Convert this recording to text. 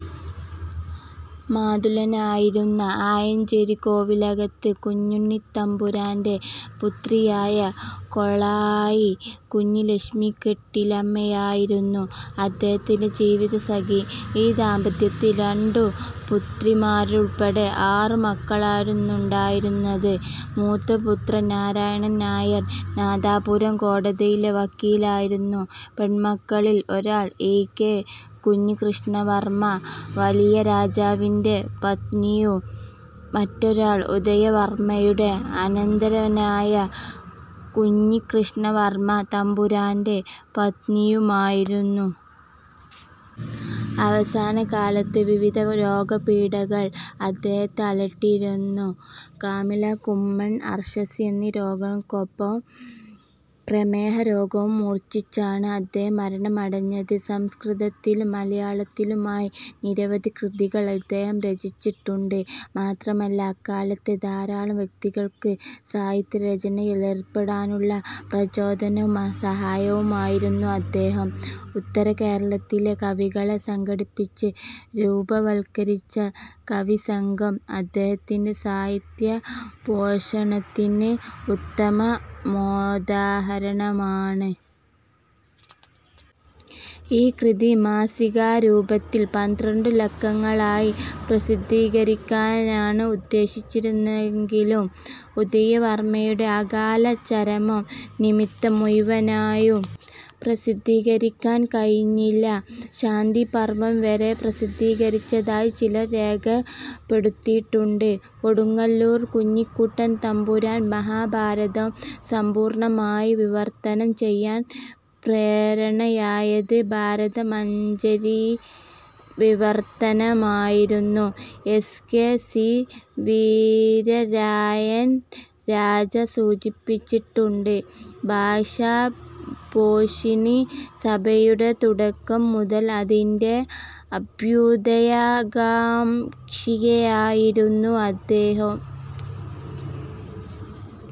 മാതുലനായിരുന്ന ആയഞ്ചേരിക്കോവിലകത്ത് കുഞ്ഞുണ്ണിത്തമ്പുരാന്റെ പുത്രിയായ കൊളായി കുഞ്ഞിലക്ഷ്മിക്കെട്ടിലമ്മയായിരുന്നു അദ്ദേഹത്തിന്റെ ജീവിത സഖി. ഈ ദാമ്പത്യത്തിൽ രണ്ടു പുത്രിമാരുൾപ്പെടെ ആറുമക്കളാണുണ്ടായിരുന്നത്. മൂത്ത പുത്രൻ നാരായണൻ നായർ നാദാപുരം കോടതിയിലെ വക്കീലായിരുന്നു. പെൺമക്കളിൽ ഒരാൾ ഇ. കെ കുഞ്ഞികൃഷ്ണവർമ്മ വലിയരാജാവിന്റെ പത്നിയും മറ്റൊരാൾ ഉദയവർമ്മയുടെ അനന്തരവനായ കുഞ്ഞികൃഷ്ണവർമ്മ തമ്പുരാന്റെ പത്നിയുമായിരുന്നു. അവസാനകാലത്ത് വിവിധ രോഗപീഡകൾ അദ്ദേഹത്തെ അലട്ടിയിരുന്നു. കാമില, ഗുമ്മൻ, അർശ്ശസ്സ് എന്നീ രോഗങ്ങൾക്കൊപ്പം പ്രമേഹരോഗവും മൂർച്ഛിച്ചാണ് അദ്ദേഹം മരണമടഞ്ഞത്. സംസ്കൃതത്തിലും മലയാളത്തിലുമായി നിരവധി കൃതികൾ ഇദ്ദേഹം രചിച്ചിട്ടുണ്ട്. മാത്രമല്ല അക്കാലത്തെ ധാരളം വ്യക്തികൾക്ക് സാഹിത്യരചനയിൽ ഏർപ്പെടാനുള്ള പ്രചോദനവും സഹായവുമായിരുന്നു അദ്ദേഹം. ഉത്തരകേരളത്തിലെ കവികളെ സംഘടിപ്പിച്ച് രൂപവൽക്കരിച്ച കവിസംഘം അദ്ദേഹത്തിന്റെ സാഹിത്യപോഷണത്തിന് ഉത്തമോദാഹരണമാണ്. ഈ കൃതി മാസികാരൂപത്തിൽ പന്ത്രണ്ടു ലക്കങ്ങളായി പ്രസിദ്ധീകരിക്കാനാണ് ഉദ്ദേശിച്ചിരുന്നതെങ്കിലും ഉദയവർമ്മയുടെ അകാലചരമം നിമിത്തം മുഴുവനായും പ്രസിദ്ധീകരിക്കാൻ കഴിഞ്ഞില്ല. ശാന്തിപർവ്വം വരെ പ്രസിദ്ധീകരിച്ചതായി ചിലർ രേഖപ്പെടുത്തിയിട്ടുണ്ട്. കൊടുങ്ങല്ലൂർ കുഞ്ഞിക്കുട്ടൻ തമ്പുരാന് മഹാഭാരതം സമ്പൂർണ്ണമായി വിവർത്തനം ചെയ്യാൻ പ്രേരണയായത് ഭാരതമഞ്ജരീവിവർത്തനമയിരുന്നു എന്ന് കെ. സി വീരരായൻരാജ സൂചിപ്പിച്ചിട്ടുണ്ട്. ഭാഷാപോഷിണി സഭയുടെ തുടക്കം മുതൽ അതിന്റെ അഭ്യുദയകാംക്ഷിയായിരുന്നു അദ്ദേഹം.